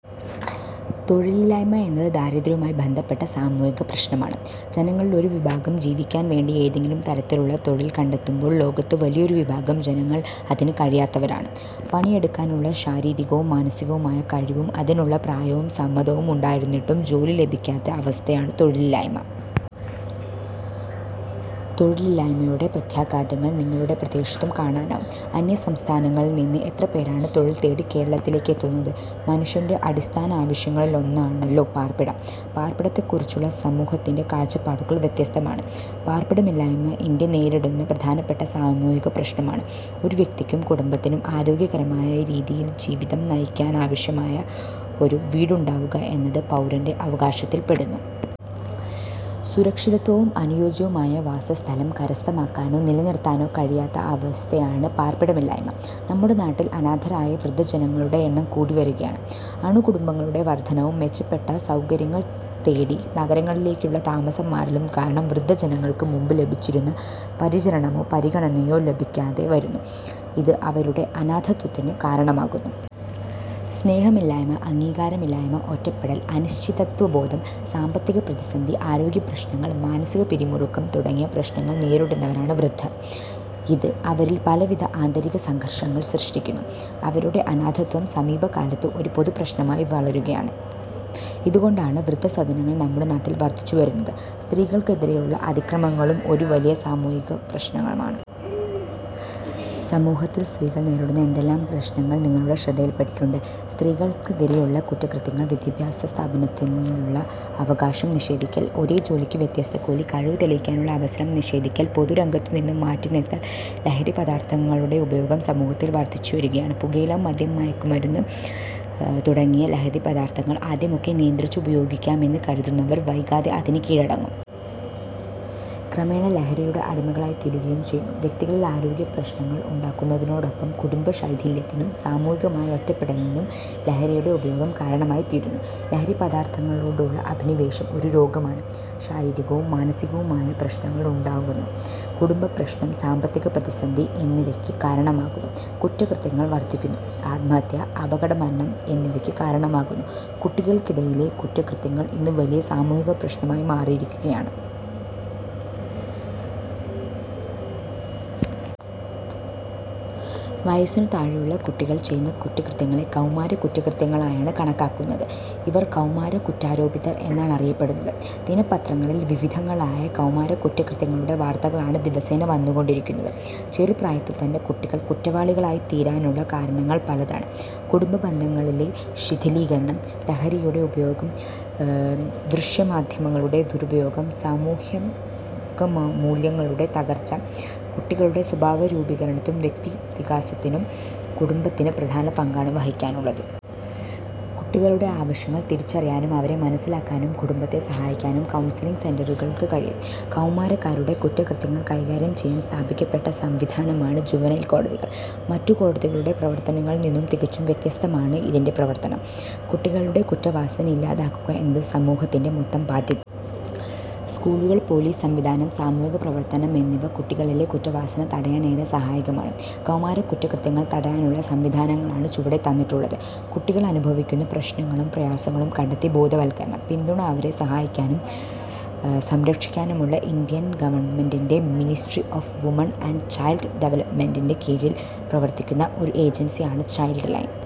തൊഴിലില്ലായ്മ എന്നത് ദാരിദ്ര്യവുമായി ബന്ധപ്പെട്ട സാമൂഹിക പ്രശ്നമാണ്. ജനങ്ങളിൽ ഒരു വിഭാഗം ജീവിക്കാൻ വേണ്ടി ഏതെങ്കിലും തരത്തിലുള്ള തൊഴിൽ കണ്ടെത്തുമ്പോൾ ലോകത്ത് വലിയൊരു വിഭാഗം ജനങ്ങൾ അതിന് കഴിയാത്തവരാണ്. പണിയെടുക്കാനുള്ള ശാരീരികവും മാനസികവുമായ കഴിവും അതിനുള്ള പ്രായവും സമ്മതവും ഉണ്ടായിരുന്നിട്ടും ജോലി ലഭിക്കാത്ത അവസ്ഥയാണ് തൊഴിലില്ലായ്മ. തൊഴിലില്ലായ്മയുടെ പ്രത്യാഘാതങ്ങൾ നിങ്ങളുടെ പ്രദേശത്തും കാണാനാവും. അന്യസംസ്ഥാനങ്ങളിൽനിന്ന് എത്രപേരാണ് തൊഴിൽ തേടി കേരളത്തിലേക്ക് എത്തുന്നത്. മനുഷ്യന്റെ അടിസ്ഥാനാവശ്യങ്ങളിലൊന്നാണല്ലോ പാർപ്പിടം. പാർപ്പിടത്തെക്കുറിച്ചുള്ള സമൂഹത്തിന്റെ കാഴ്ചപ്പാടുകൾ വ്യത്യസ്തമാണ്. പാർപ്പിടമില്ലായ്മ ഇന്ത്യ നേരിടുന്ന പ്രധാനപ്പെട്ട സാമൂഹികപ്രശ്നമാണ്. ഒരു വ്യക്തിക്കും കുടുംബത്തിനും ആരോഗ്യകരമായ രീതിയിൽ ജീവിതം നയിക്കാനാവശ്യമായ ഒരു വീടുണ്ടാവുക എന്നത് പൗരന്റെ അവകാശത്തിൽപ്പെടുന്നു. സുരക്ഷിതത്വവും അനുയോജ്യവുമായ വാസസ്ഥലം കരസ്ഥമാക്കാനോ നിലനിർത്താനോ കഴിയാത്ത അവസ്ഥയാണ് പാർപ്പിടമില്ലായ്മ. നമ്മുടെ നാട്ടിൽ അനാഥരായ വൃദ്ധജനങ്ങളുടെ എണ്ണം കൂടിവരുകയാണ്. അണുകുടുംബങ്ങളുടെ വർധനവും മെച്ചപ്പെട്ട സൗകര്യങ്ങൾ തേടി നഗരങ്ങളിലേക്കുള്ള താമസം മാറലും കാരണം വൃദ്ധജനങ്ങൾക്ക് മുമ്പ് ലഭിച്ചിരുന്ന പരിചരണമോ പരിഗണനയോ ലഭിക്കാതെ വരുന്നു. ഇത് അവരുടെ അനാഥത്വത്തിന് കാരണമാകുന്നു. സ്നേഹമില്ലായ്മ, അംഗീകാരമില്ലായ്മ, ഒറ്റപ്പെടൽ, അനിശ്ചിതത്വബോധം, സാമ്പത്തികപ്രതിസന്ധി, ആരോഗ്യപ്രശ്നങ്ങൾ, മാനസികപിരിമുറുക്കം തുടങ്ങിയ പ്രശ്നങ്ങൾ നേരിടുന്നവരാണ് വൃദ്ധർ. ഇത് അവരിൽ പലവിധ ആന്തരിക സംഘർഷങ്ങൾ സൃഷ്ടിക്കുന്നു. അവരുടെ അനാഥത്വം സമീപകാലത്ത് ഒരു പൊതുപ്രശ്നമായി വളരുകയാണ്. ഇതുകൊണ്ടാണ് വൃദ്ധസദനങ്ങൾ നമ്മുടെ നാട്ടിൽ വർധിച്ചുവരുന്നത്. സ്ത്രീകൾക്കെതിരെയുള്ള അതിക്രമങ്ങളും ഒരു വലിയ സാമൂഹിക പ്രശ്നമാണ്. സമൂഹത്തിൽ സ്ത്രീകൾ നേരിടുന്ന എന്തെല്ലാം പ്രശ്നങ്ങൾ നിങ്ങളുടെ ശ്രദ്ധയിൽപ്പെട്ടിട്ടുണ്ട്? സ്ത്രീകൾക്കെതിരെയുള്ള കുറ്റകൃത്യങ്ങൾ. വിദ്യാഭ്യാസത്തിനുള്ള അവകാശം നിഷേധിക്കൽ. ഒരേ ജോലിക്ക് വ്യത്യസ്ത കൂലി. കഴിവു തെളിയിക്കാനുള്ള അവസരം നിഷേധിക്കൽ. പൊതുരംഗത്തുനിന്നു മാറ്റിനിർത്തൽ. ലഹരിപദാർഥങ്ങളുടെ ഉപയോഗം സമൂഹത്തിൽ വർധിച്ചുവരുകയാണ്. പുകയില, മദ്യം, മയക്കുമരുന്ന് തുടങ്ങിയ ലഹരിപദാർഥങ്ങൾ ആദ്യമൊക്കെ നിയന്ത്രിച്ച് ഉപയോഗിക്കാമെന്ന് കരുതുന്നവർ വൈകാതെ അതിന് കീഴടങ്ങും. ക്രമേണ ലഹരിയുടെ അടിമകളായിത്തീരുകയും ചെയ്യുന്നു. വ്യക്തികളിൽ ആരോഗ്യപ്രശ്നങ്ങൾ ഉണ്ടാക്കുന്നതിനോടൊപ്പം കുടുംബശൈഥില്യത്തിനും സാമൂഹികമായ ഒറ്റപ്പെടലിനും ലഹരിയുടെ ഉപയോഗം കാരണമായിത്തീരുന്നു. ലഹരിപദാർഥങ്ങളോടുള്ള അഭിനിവേശം ഒരു രോഗമാണ്. ശാരീരികവും മാനസികവുമായ പ്രശ്നങ്ങൾ ഉണ്ടാകുന്നു. കുടുംബപ്രശ്നം, സാമ്പത്തിക പ്രതിസന്ധി എന്നിവയ്ക്ക് കാരണമാകുന്നു. കുറ്റകൃത്യങ്ങൾ വർധിക്കുന്നു. ആത്മഹത്യ, അപകടമരണം എന്നിവയ്ക്ക് കാരണമാകുന്നു. കുട്ടികൾക്കിടയിലെ കുറ്റകൃത്യങ്ങളും ഇന്ന് വലിയ സാമൂഹികപ്രശ്നമായി മാറിയിരിക്കുകയാണ്. വയസ്സിനു താഴെയുള്ള കുട്ടികൾ ചെയ്യുന്ന കുറ്റകൃത്യങ്ങളെ കൗമാര കുറ്റകൃത്യങ്ങളായാണ് കണക്കാക്കുന്നത്. ഇവർ കൗമാര കുറ്റാരോപിതർ എന്നാണറിയപ്പെടുന്നത്. ദിനപത്രങ്ങളിൽ വിവിധങ്ങളായ കൗമാര കുറ്റകത്യങ്ങളുടെ വാർത്തകളാണ് ദിവസേന വന്നുകൊണ്ടിരിക്കുന്നത്. ചെറുപ്രായത്തിൽത്തന്നെ കുട്ടികൾ കുറ്റവാളികളായിത്തീരാനുള്ള കാരണങ്ങൾ പലതാണ്. കുടുംബബന്ധങ്ങളിലെ ശിഥിലീകരണം. ലഹരിയുടെ ഉപയോഗം. ദൃശ്യമാധ്യമങ്ങളുടെ ദുരുപയോഗം. സാമൂഹികമൂല്യങ്ങളുടെ തകർച്ച. കുട്ടികളുടെ സ്വഭാവരൂപീകരണത്തിനും വ്യക്തിത്വവികാസത്തിനും കുടുംബത്തിന് പ്രധാന പങ്കാണ് വഹിക്കാനുള്ളത്. കുട്ടികളുടെ ആവശ്യങ്ങൾ തിരിച്ചറിയാനും അവരെ മനസ്സിലാക്കാനും കുടുംബത്തെ സഹായിക്കാനും കൗൺസലിംങ് സെന്ററുകൾക്ക് കഴിയും. കൗമാരക്കാരുടെ കുറ്റ കൃത്യങ്ങൾ കൈകാര്യം ചെയ്യാൻ സ്ഥാപിക്കപ്പെട്ട സംവിധാനമാണ് ജുവനൈൽ കോടതികൾ. മറ്റു കോടതികളുടെ പ്രവർത്തനങ്ങളിൽ നിന്നു തികച്ചും വ്യത്യസ്തമാണ് ഇതിന്റെ പ്രവർത്തനം. കുട്ടികളിലെ കുറ്റവാസന ഇല്ലാതാക്കുക എന്നത് സമൂഹത്തിന്റെ മൊത്തം ബാധ്യതയാണ്. സ്കൂളുകൾ, പൊലീസ് സംവിധാനം, സാമൂഹിക പ്രവർത്തനം എന്നിവ കുട്ടികളിലെ കുറ്റവാസന തടയാൻ ഏറെ സഹായകമാണ്. കൗമാര കുറ്റകൃത്യങ്ങൾ തടയാനുള്ള സംവിധാനങ്ങളാണ് ചുവടെ തന്നിട്ടുള്ളത്. കുട്ടികളനുഭവിക്കുന്ന പ്രശ്നങ്ങളും പ്രയാസങ്ങളും കണ്ടെത്തി ബോധവൽക്കരണം, പിന്തുണ അവരെ സഹായിക്കാനും സംരക്ഷിക്കാനുമായി ഇന്ത്യാ ഗവൺമെന്റിന്റെ ministry of woman and child ഡവലപ്മെന്റിന്റെ കീഴിൽ പ്രവർത്തിക്കുന്ന ഒരു ഏജൻസിയാണ് ചൈൽഡ് ലൈൻ.